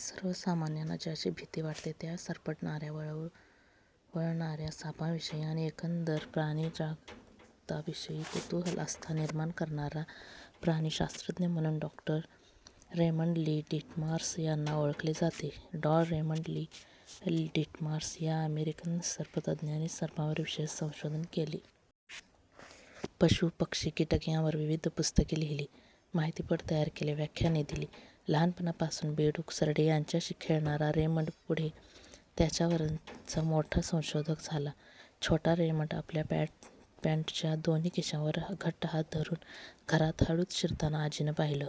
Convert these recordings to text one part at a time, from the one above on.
सर्वसामान्यांना ज्याची भीती वाटते त्या सरपटणाऱ्या, वळवळणाऱ्या सापांविषयी आणि एकंदर प्राणी जागताविषयी कुतूहल, आस्था निर्माण करणारा प्राणी-शास्त्रज्ञ म्हणून डॉक्टर रेमण्ड ली. डिटमार्स यांना ओळखले जाते. डॉ. Raymond Lee. डिटमार्स या अमेरिकन सर्पतज्ज्ञाने सर्पांवर विशेष संशोधन केले. पशू पक्षी कीटक यांवर विविध पुस्तके लिहिली. माहितीपट तयार केले. व्याख्याने दिली. लहानपणापासून बेडूक, सरडे यांच्याशी खेळणारा रेमण्ड पुढे त्यांच्यावरचा मोठा संशोधक झाला. छोटा रेमण्ड आपल्या पँटच्या दोन्ही खिशांवर घट्ट हात धरून घरात हळूच शिरताना आजीनं पाहिलं.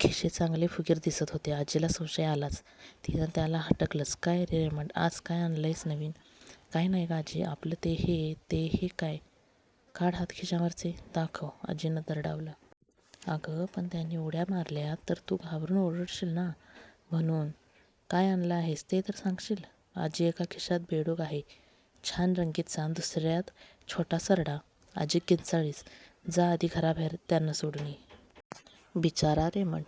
खिसे चांगले फुगीर दिसत होते. आजीला संशय आलाच. तिनं त्याला हटकलंच, 'काय रे रेमण्ड, आज काय आणलंयस नवीन?' 'काही नाही गं आजी... आपलं ते हे...' 'ते हे काय?... काढ हात खिशांवरचे, दाखव,' आजीनं दरडावलं. 'अगं पण त्यांनी उड्या मारल्या तर तू घाबरून ओरडशील ना? म्हणून'. 'काय आणलं आहेस ते तर सांगशील'! 'आजी, एका खिशात बेडूक आहे... छान रंगीतसा अन दुसऱ्यात छोटा सरडा...'? आजी किंचाळलीच. 'जा आधी घराबाहेर त्यांना सोडून ये'. बिचारा रेमण्ड!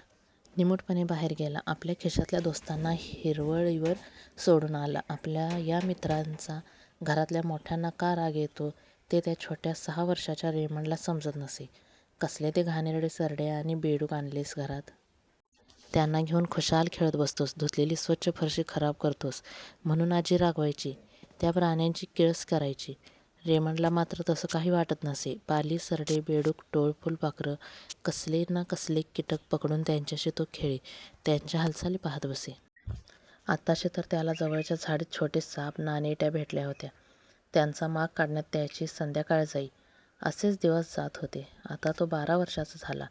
निमूटपणे बाहेर गेला. आपल्या खिशातल्या दोस्तांना हिरवळीवर सोडून आला. आपल्या या मित्रांचा घरातल्या मोठ्यांना का राग येतो ते त्या छोट्या सहा वर्षांच्या रेमण्डला समजत नसे. 'कसले ते घाणेरडे सरडे आणि बेडूक आणलेस घरात. त्यांना घेऊन खुशाल खेळत बसतोस... धुतलेली स्वच्छ फरशी खराब करतोस.' म्हणून आजी रागवायची. त्या प्राण्यांची किळस करायची. रेमण्डला मात्र तसं काही वाटतं नसे. पाली, सरडे, बेडूक, टोळ, फुलपाखरं, कसले ना कसले कीटक पकडून त्यांच्याशी तो खेळे. त्यांच्या हालचाली पाहात बसे. आताशी तर त्याला जवळच्या झाडीत छोटे साप, नानेट्या भेटल्या होत्या. त्यांचा माग काढण्यात त्याची संध्याकाळ जाई. असेच दिवस जात होते. आता तो बारा वर्षांचा झाला.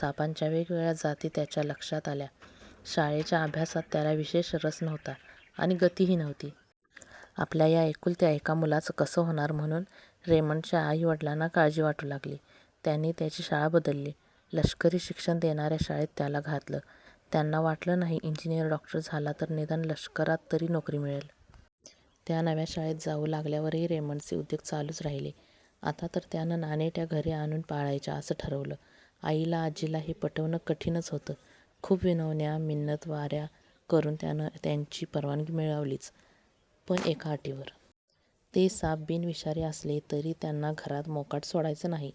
सापांच्या वेगवेगळ्या जाती त्याच्या लक्षात आल्या. शाळेच्या अभ्यासात त्याला विशेष रस नव्हता आणि गतीही नव्हती. आपल्या या एकुलत्या एका मुलाचं कसं होणार म्हणून रेमण्डच्या आई-वडिलांना काळजी वाटू लागली. त्यांनी त्याची शाळा बदलली. लष्करी शिक्षण देणाऱ्या शाळेत त्याला घातलं. त्यांना वाटलं नाही इंजिनिअर, डॉक्टर झाला तर निदान लष्करात तरी नोकरी मिळेल. त्या नव्या शाळेत जाऊ लागल्यावरही रेमण्डचे उद्योग चालूच राहिले. आता तर त्यानं नानेट्या घरी आणून पाळायच्या असं ठरवलं. आईला, आजीला हे पटवणं कठीणच होतं. खूप विनवण्या, मिन्नतवाऱ्या करून त्यानं त्यांची परवानगी मिळवलीच. पण एका अटीवर. ते साप बिनविषारी असले तरी त्यांना घरात मोकाट सोडायचं नाही.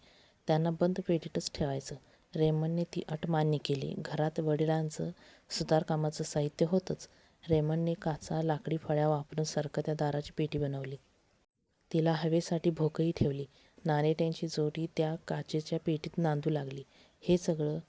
त्यांना बंद पेटीतच ठेवायचं. रेमण्डने ती अट मान्य केली. घरात वडिलांचं सुतारकामाचं साहित्य होतंच. रेमण्डने काचा, लाकडी फळ्या वापरून सरकत्या दाराची पेटी बनवली. तिला हवेसाठी भोकंही ठेवली. नानेट्यांची जोडी त्या काचेच्या पेटीत नांदू लागली. हे सगळं